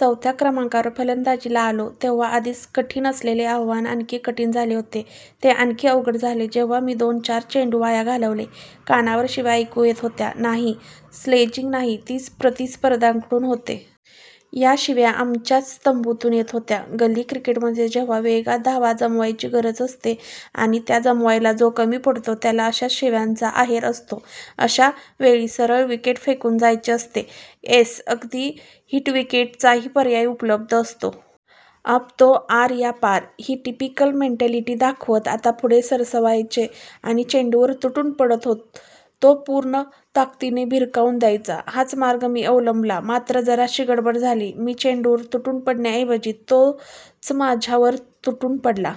चौथ्या क्रमांकावर फलंदाजीला आलो तेव्हा आधीच कठीण असलेले आव्हान आणखी कठीण झाले होते. ते आणखी अवघड झाले जेव्हा मी दोन-चार चेंडू वाया घालवले. कानावर शिव्या ऐकू येत होत्या. नाही, स्लेजिंग नाही. ती प्रतिस्पर्ध्यांकडून होते. या शिव्या आमच्याच तंबूतून येत होत्या. गल्ली क्रिकेटमध्ये जेव्हा वेगात धावा जमवायची गरज असते आणि त्या जमवायला जो कमी पडतो, त्याला अशाच शिव्यांचा आहेर असतो. अशा वेळी सरळ विकेट फेकून जायचे असते, येस्स, अगदी हिटविकेटचाही पर्याय उपलब्ध असतो. अब तो आर या पार, ही टिपिकल मेंटॅलिटी दाखवत आता पुढे सरसावायचे आणि चेंडूवर तुटून पडत तो पूर्ण ताकदीने भिरकावून द्यायचा, हाच मार्ग मी अवलंबला, मात्र जराशी गडबड झाली. मी चेंडूवर तुटून पडण्याऐवजी तोच माझ्यावर तुटून पडला.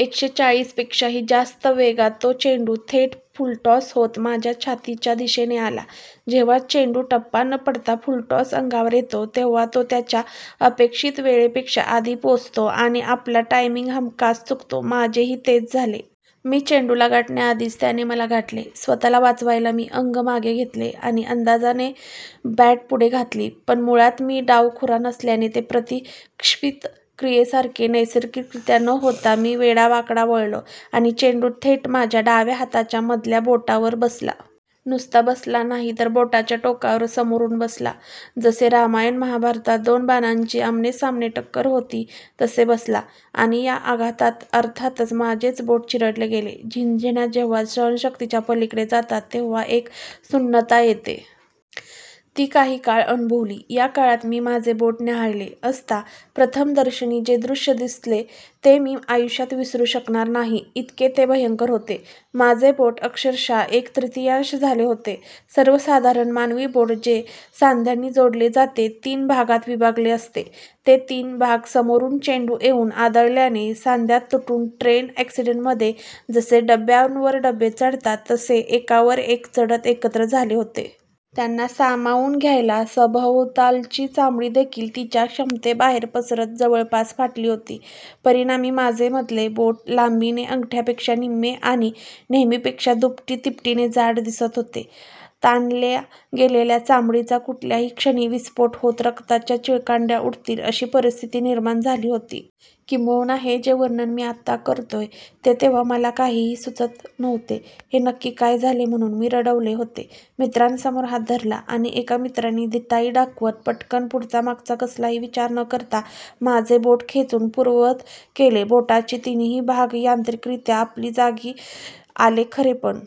एकशेचाळीसपेक्षाही जास्त वेगात तो चेंडू थेट फुलटॉस होत माझ्या छातीच्या दिशेने आला. जेव्हा चेंडू टप्पा न पडता फुलटॉस अंगावर येतो तेव्हा तो त्याच्या अपेक्षित वेळेपेक्षा आधी पोहोचतो आणि आपला टायमिंग हमखास चुकतो. माझेही तेच झाले. मी चेंडूला गाठण्याआधीच त्याने मला गाठले. स्वतःला वाचवायला मी अंग मागे घेतले आणि अंदाजाने बॅट पुढे घातली. पण मुळात मी डावखुरा नसल्याने ते प्रतिक्षिप्त क्रियेसारखे नैसर्गिकरीत्या न होता मी वेडावाकडा वळलो आणि चेंडू थेट माझ्या डाव्या हाताच्या मधल्या बोटावर बसला. नुसता बसला नाही तर बोटाच्या टोकावर समोरून बसला. जसे रामायण-महाभारतात दोन बाणांची आमनेसामने टक्कर होती तसे बसला. आणि या आघातात अर्थातच माझेच बोट चिरडले गेले. झिणझिण्या जेव्हा सहनशक्तीच्या पलीकडे जातात तेव्हा एक सुन्नता येते. ती काही काळ अनुभवली. या काळात मी माझे बोट न्याहाळले असता प्रथमदर्शनी जे दृश्य दिसले ते मी आयुष्यात विसरू शकणार नाही इतके ते भयंकर होते. माझे बोट अक्षरशः एक तृतीयांश झाले होते! सर्वसाधारण मानवी बोट जे सांध्यांनी जोडले जाते तीन भागांत विभागले असते, ते तीन भाग समोरून चेंडू येऊन आदळल्याने सांध्यात तुटून ट्रेन अ‍ॅक्सिडंटमध्ये जसे डब्ब्यांवर डब्बे चढतात तसे एकावर एक चढत एकत्र झाले होते. त्यांना सामावून घ्यायला सभोवतालची चामडीदेखील तिच्या क्षमतेबाहेर पसरत जवळपास फाटली होती. परिणामी माझे मधले बोट लांबीने अंगठ्यापेक्षा निम्मे आणि नेहमीपेक्षा दुपटी-तिपटीने जाड दिसत होते. ताणल्या गेलेल्या चामडीचा कुठल्याही क्षणी विस्फोट होत रक्ताच्या चिळकांड्या उडतील अशी परिस्थिती निर्माण झाली होती. किंबहुना हे जे वर्णन मी आता करतोय ते तेव्हा मला काहीही सुचत नव्हते. हे नक्की काय झाले म्हणून मी रडवेले होत मित्रांसमोर हात धरला आणि एका मित्राने धिटाई दाखवत पटकन पुढचा मागचा कसलाही विचार न करता माझे बोट खेचून पूर्ववत केले. बोटाचे तीनही भाग यांत्रिकरीत्या आपल्या जागी आले खरे, पण